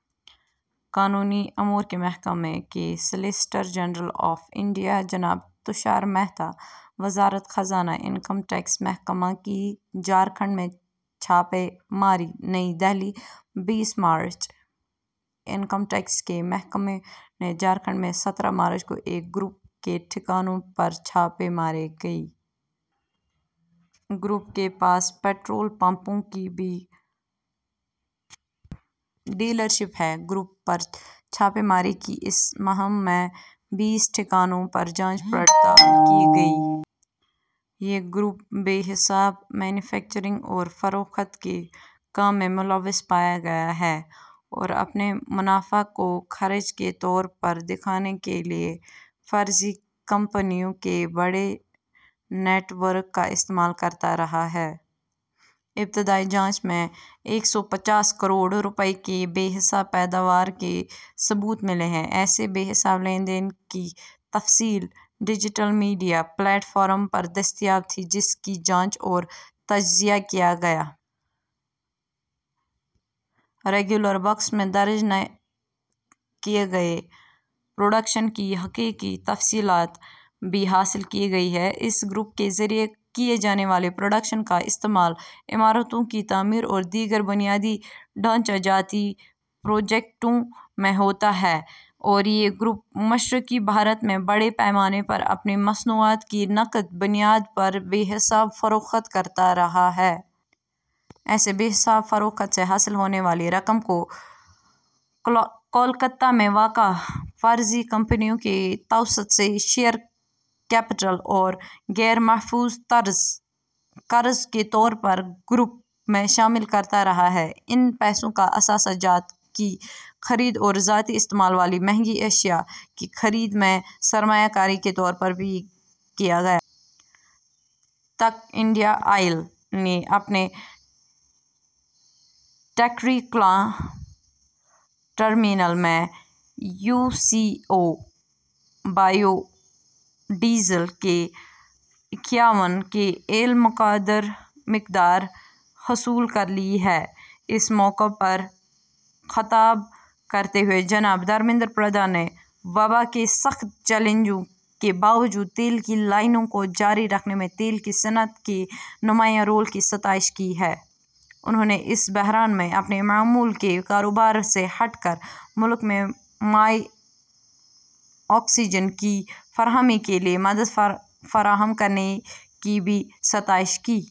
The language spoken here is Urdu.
قانونی امور کے محکمے کے سالیسیٹر جنرل آف انڈیا، جناب تشار مہتا،. وزارت خزانہ انکم ٹیکس محکمہ کی جھارکھنڈ میں چھاپے ماری نئی دہلی، بائیس مارچ۔ انکم ٹیکس کے محکمہ نے جھارکھنڈ میں سترہ مارچ کو ایک گروپ کے ٹھکانوں پر چھاپے ماری کی۔ گروپ کے پاس پٹرول پمپوں کی بھی ڈیلرشپ ہے۔ گروپ پر چھاپے ماری کی اس مہم میں بیس ٹھکانوں پر جانچ پڑتال کی گئی۔ یہ گروپ بے حساب مینوفیکچرنگ اور فروخت کے کام میں ملوث پایا گیا ہے اور اپنے منافع کو خرچ کے طور پر دکھانے کے لئے فرضی کمپنیوں کے بڑے نیٹ ورک کا استعمال کرتا رہا ہے۔ ابتدائی جانچ میں ایک سو پچاسی کروڑ روپئے کے بے حساب پیداوار کے ثبوت ملے ہیں۔ ایسے بے حساب لین دین کی تفصیل ڈیجیٹل میڈیا پلیٹ فارم پر دستیاب تھی، جس کی جانچ اور تجزیہ کیا گیا۔ ریگولر بکس میں درج نہ کئے گئے پروڈکشن کی حقیقی تفصیلات بھی حاصل کی گئی ہیں۔ اس گروپ کے ذریعے کئے جانے والے پروڈکشن کا استعمال عمارتوں کی تعمیر اور دیگر بنیادی ڈھانچہ جاتی پروجیکٹوں میں ہوتا ہے اور یہ گروپ مشرقی بھارت میں بڑے پیمانے پر اپنی مصنوعات کی نقد بنیاد پر بے حساب فروخت کرتا رہا ہے۔ ایسی بے حساب فروخت سے حاصل ہونے والی رقم کو کولکاتہ میں واقع فرضی کمپنیوں کے توسط سے شیئر کیپٹل اور غیرمحفوظ قرض کے طور پر گروپ میں شامل کرتا رہا ہے۔ ان پیسوں کا اثاثہ جات کی خرید اور ذاتی استعمال والی مہنگی اشیاء کی خرید میں سرمایہ کاری کے طور پر بھی کیا گیا۔ تک انڈین آئل نے اپنے ٹیکری کلاں ٹرمینل میں U C O –biodiesel کی اکیاون کے ایل مقدار حصول کرلی ہے۔ اس موقع پر خطاب کرتے ہوئے جناب دھرمیندر پردھان نے، وباء کے سخت چیلنجوں کے باوجود تیل کی لائنوں کو جاری رکھنے میں تیل کی صنعت کے نمایاں رول کی ستائش کی ہے۔ انھوں نے اس بحران میں، اپنے معمول کے کاروبار سے ہٹ کر، ملک میں مانع آکسیجن کی فراہمی کے لئے مدد فراہم کرنے کی بھی ستائش کی۔